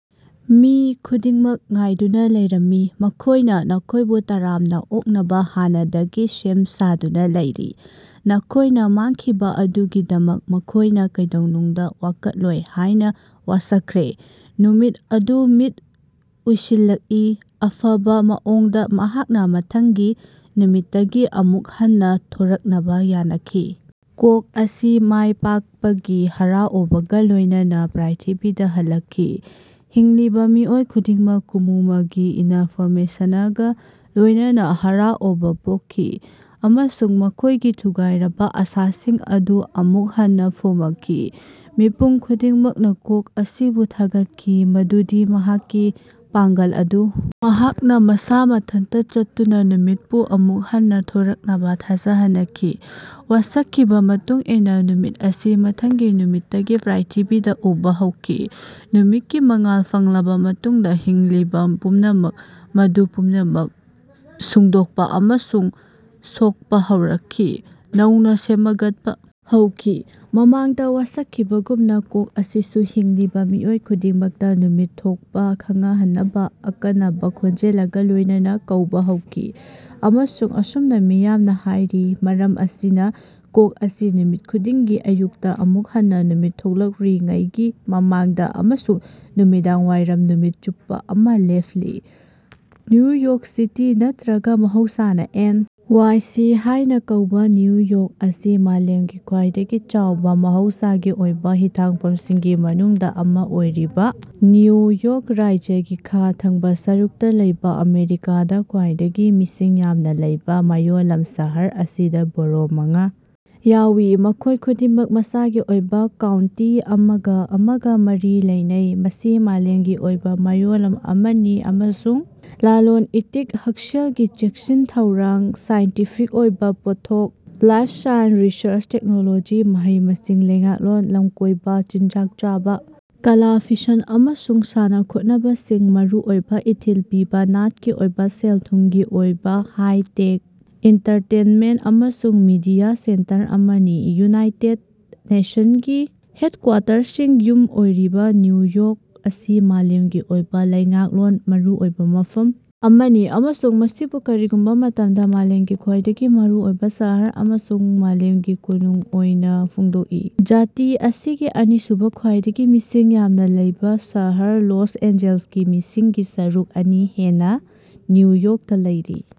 ꯃꯤ ꯈꯨꯗꯤꯡꯃꯛ ꯉꯥꯏꯗꯨꯅꯥ ꯂꯩꯔꯝꯃꯤ꯫ ꯃꯈꯣꯏꯅꯥ ꯅꯈꯣꯏꯕꯨ ꯇꯔꯥꯝꯅꯥ ꯑꯣꯛꯅꯕꯥ ꯍꯥꯟꯅꯗꯒꯤ ꯁꯦꯝ ꯁꯥꯗꯨꯅꯥ ꯂꯩꯔꯤ꯫ ꯅꯈꯣꯏꯅꯥ ꯃꯥꯡꯈꯤꯕꯥ ꯑꯗꯨꯒꯤꯗꯃꯛ ꯃꯈꯣꯏꯅꯥ ꯀꯩꯗꯧꯅꯨꯡꯗꯥ ꯋꯥꯀꯠꯂꯣꯏ ꯍꯥꯏꯅꯥ ꯋꯥꯁꯛꯈ꯭ꯔꯦ꯫ ꯅꯨꯃꯤꯠ ꯑꯗꯨ ꯃꯤꯠ ꯎꯏꯁꯤꯜꯂꯛꯏ꯫ ꯑꯐꯕꯥ ꯃꯑꯣꯡꯗꯥ ꯃꯍꯥꯛꯅꯥ ꯃꯊꯪꯒꯤ ꯅꯨꯃꯤꯠꯇꯒꯤ ꯑꯃꯨꯛ ꯍꯟꯅꯥ ꯊꯣꯔꯛꯅꯕꯥ ꯌꯥꯅꯈꯤ꯫ ꯀꯣꯛ ꯑꯁꯤ ꯃꯥꯌ ꯄꯥꯛꯄꯒꯤ ꯍꯔꯥꯑꯣꯕꯒꯥ ꯂꯣꯌꯅꯅꯥ ꯄ꯭ꯔ꯭ꯏꯊꯤꯕꯤꯗꯥ ꯍꯜꯂꯛꯈꯤ꯫ ꯍꯤꯡꯂꯤꯕꯥ ꯃꯤꯑꯣꯏ ꯈꯨꯗꯤꯡꯃꯛ ꯀꯨꯀꯨꯃꯒꯤ ꯏꯅꯐꯣꯔꯃꯦꯁꯅꯒꯥ ꯂꯣꯌꯅꯅꯥ ꯍꯔꯥꯑꯣꯕꯥ ꯄꯣꯛꯈꯤ ꯑꯃꯁꯨꯡ ꯃꯈꯣꯏꯒꯤ ꯊꯨꯒꯥꯏꯔꯕꯥ ꯑꯥꯁꯥꯁꯤꯡ ꯑꯗꯨ ꯑꯃꯨꯛ ꯍꯟꯅꯥ ꯐꯨꯃꯈꯤ꯫ ꯃꯤꯄꯨꯝ ꯈꯨꯗꯤꯡꯃꯛꯅꯥ ꯀꯣꯛ ꯑꯁꯤꯕꯨ ꯊꯥꯒꯠꯈꯤ ꯃꯗꯨꯗꯤ ꯃꯍꯥꯛꯀꯤ ꯄꯥꯉ꯭ꯒꯜ ꯑꯗꯨ ꯃꯍꯥꯛꯅꯥ ꯃꯁꯥ ꯃꯊꯟꯇꯥ ꯆꯠꯇꯨꯅꯥ ꯅꯨꯃꯤꯠꯄꯨ ꯑꯃꯨꯛ ꯍꯟꯅꯥ ꯊꯣꯔꯛꯅꯕꯥ ꯊꯥꯖꯍꯅꯈꯤ꯫ ꯋꯥꯁꯛꯈꯤꯕꯥ ꯃꯇꯨꯡ ꯏꯟꯅꯥ ꯅꯨꯃꯤꯠ ꯑꯁꯤ ꯃꯊꯪꯒꯤ ꯅꯨꯃꯤꯠꯇꯒꯤ ꯄ꯭ꯔ꯭ꯏꯊꯤꯕꯤꯗꯥ ꯎꯕꯥ ꯍꯧꯈꯤ꯫ ꯅꯨꯃꯤꯠꯀꯤ ꯃꯉꯥꯜ ꯐꯪꯂꯕꯥ ꯃꯇꯨꯡꯗꯥ ꯍꯤꯡꯂꯤꯕꯥ ꯄꯨꯝꯅꯃꯛ, ꯃꯗꯨ ꯄꯨꯝꯅꯃꯛ ꯁꯨꯡꯗꯣꯛꯄꯥ ꯑꯃꯁꯨꯡ ꯁꯣꯛꯄꯥ ꯍꯧꯔꯛꯈꯤ, ꯅꯧꯅꯥ ꯁꯦꯃꯒꯠꯄꯥ ꯍꯧꯈꯤ꯫ ꯃꯃꯥꯡꯗꯥ ꯋꯥꯁꯛꯈꯤꯕꯒꯨꯝꯅꯥ, ꯀꯣꯛ ꯑꯁꯤꯁꯨ ꯍꯤꯡꯂꯤꯕꯥ ꯃꯤꯑꯣꯏ ꯈꯨꯗꯤꯡꯃꯛꯇꯥ ꯅꯨꯃꯤꯠ ꯊꯣꯛꯄꯥ ꯈꯉꯍꯟꯅꯕꯥ ꯑꯀꯅꯕꯥ ꯈꯣꯟꯖꯦꯂꯒꯥ ꯂꯣꯏꯅꯅꯥ ꯀꯧꯕꯥ ꯍꯧꯈꯤ꯫ ꯑꯃꯁꯨꯡ ꯑꯁꯨꯝꯅꯥ ꯃꯤꯌꯥꯝꯅꯥ ꯍꯥꯌꯔꯤ, ꯃꯔꯝ ꯑꯁꯤꯅꯥ ꯀꯣꯛ ꯑꯁꯤ ꯅꯨꯃꯤꯠ ꯈꯨꯗꯤꯡꯒꯤ ꯑꯌꯨꯛꯇꯥ ꯑꯃꯨꯛ ꯍꯟꯅꯥ ꯅꯨꯃꯤꯠ ꯊꯣꯛꯂꯛꯠꯔꯤꯉꯩꯒꯤ ꯃꯃꯥꯡꯗꯥ ꯑꯃꯁꯨꯡ ꯅꯨꯃꯤꯗꯥꯡꯋꯥꯏꯔꯝ ꯅꯨꯃꯤꯠ ꯆꯨꯞꯄꯥ ꯑꯃꯥ ꯂꯦꯞꯂꯤ꯫ ꯅꯌꯨ ꯌꯣꯔ꯭ꯛ ꯁꯤꯇꯤ ꯅꯠꯇ꯭ꯔꯒ ꯃꯍꯧꯁꯥꯅ ꯑꯦꯟ. ꯋꯥꯏ. ꯁꯤ. ꯍꯥꯏꯅ ꯀꯧꯕ ꯅ꯭ꯌꯨ ꯌꯣꯔ꯭ꯛ ꯑꯁꯤ ꯃꯥꯂꯦꯝꯒꯤ ꯈ꯭ꯋꯥꯏꯗꯒꯤ ꯆꯥꯎꯕ ꯃꯍꯧꯁꯥꯒꯤ ꯑꯣꯏꯕ ꯍꯤꯊꯥꯡꯐꯝꯁꯤꯡꯒꯤ ꯃꯅꯨꯡꯗ ꯑꯃ ꯑꯣꯏꯔꯤꯕ ꯅ꯭ꯌꯨ ꯌꯣꯛ ꯔꯥꯖ꯭ꯌꯒꯤ ꯈꯥ ꯊꯪꯕ ꯁꯔꯨꯛꯇ ꯂꯩꯕ ꯑꯃꯦꯔꯤꯀꯥꯗ ꯈ꯭ꯋꯥꯏꯗꯒꯤ ꯃꯤꯁꯤꯡ ꯌꯥꯝꯅ ꯂꯩꯕ ꯃꯌꯣꯜꯂꯝ꯫ ꯁꯍꯔ ꯑꯁꯤꯗ ꯕꯣꯔꯣ ꯃꯉꯥ ꯌꯥꯎꯏ, ꯃꯈꯣꯏ ꯈꯨꯗꯤꯡꯃꯛ ꯃꯁꯥꯒꯤ ꯑꯣꯏꯕ ꯀꯥꯎꯟꯇꯤ ꯑꯃꯒ ꯑꯃꯒ ꯃꯔꯤ ꯂꯩꯅꯩ꯫ ꯃꯁꯤ ꯃꯥꯂꯦꯝꯒꯤ ꯑꯣꯏꯕ ꯃꯌꯣꯜꯂꯝ ꯑꯃꯅꯤ ꯑꯃꯁꯨꯡ ꯂꯂꯣꯟ ꯏꯇꯤꯛ ꯍꯛꯁꯦꯜꯒꯤ ꯆꯦꯛꯁꯤꯟ ꯊꯧꯔꯥꯡ, ꯁꯥꯏꯟꯇꯤꯐꯤꯛ ꯑꯣꯏꯕ ꯄꯣꯠꯊꯣꯛ ꯂꯥꯏꯐ ꯁꯥꯏꯟꯁ ꯔꯤꯁ꯭ꯔꯆ ꯇꯦꯛꯅꯣꯂꯣꯖꯤ ꯃꯍꯩ ꯃꯁꯤꯡ ꯂꯩꯉꯥꯛꯂꯣꯟ ꯂꯝꯀꯣꯏꯕ ꯆꯤꯟꯖꯥꯛ ꯆꯥꯕ ꯀꯂꯥ ꯐꯤꯁꯟ ꯑꯃꯁꯨꯡ ꯁꯥꯟꯅ ꯈꯣꯠꯅꯕꯁꯤꯡ ꯃꯔꯨꯑꯣꯏꯕ ꯏꯊꯤꯜ ꯄꯤꯕ ꯅꯥꯠꯀꯤ ꯑꯣꯏꯕ ꯁꯦꯜ ꯊꯨꯝꯒꯤ ꯑꯣꯏꯕ ꯍꯥꯏ ꯇꯦꯛ ꯑꯦꯟꯇꯔꯇꯦꯟꯃꯦꯟꯠ ꯑꯃꯁꯨꯡ ꯃꯤꯗꯤꯌꯥ ꯁꯦꯟꯇꯔ ꯑꯃꯅꯤ꯫ ꯌꯨꯅꯥꯏꯇꯦꯗ ꯅꯦꯁꯟꯒꯤ ꯍꯦꯗꯀ꯭ꯋꯥꯇꯔꯁꯤꯡ ꯌꯨꯝ ꯑꯣꯏꯔꯤꯕ ꯅ꯭ꯌꯨ ꯌꯣꯔ꯭ꯛ ꯑꯁꯤ ꯃꯥꯂꯦꯝꯒꯤ ꯑꯣꯏꯕ ꯂꯩꯉꯥꯛꯂꯣꯟ ꯃꯔꯨꯑꯣꯏꯕ ꯃꯐꯝ ꯑꯃꯅꯤ ꯑꯃꯁꯨꯡ ꯃꯁꯤꯕꯨ ꯀꯔꯤꯒꯨꯝꯕ ꯃꯇꯝꯗ ꯃꯥꯂꯦꯝꯒꯤ ꯈ꯭ꯋꯥꯏꯗꯒꯤ ꯃꯔꯨꯑꯣꯏꯕ ꯁꯍꯔ ꯑꯃꯁꯨꯡ ꯃꯥꯂꯦꯝꯒꯤ ꯀꯣꯅꯨꯡ ꯑꯣꯏꯅ ꯐꯣꯡꯗꯣꯛꯏ꯫ ꯖꯥꯇꯤ ꯑꯁꯤꯒꯤ ꯑꯅꯤꯁꯨꯕꯥ ꯈ꯭ꯋꯥꯏꯗꯒꯤ ꯃꯤꯁꯤꯡ ꯌꯥꯝꯅꯥ ꯂꯩꯕꯥ ꯁꯍꯔ ꯂꯁ ꯑꯦꯟꯖꯦꯜꯁꯀꯤ ꯃꯤꯁꯤꯡꯒꯤ ꯁꯔꯨꯛ ꯑꯅꯤ ꯍꯦꯟꯅꯥ ꯅ꯭ꯌꯨ ꯌꯣꯔ꯭ꯛꯇꯥ ꯂꯩꯔꯤ꯫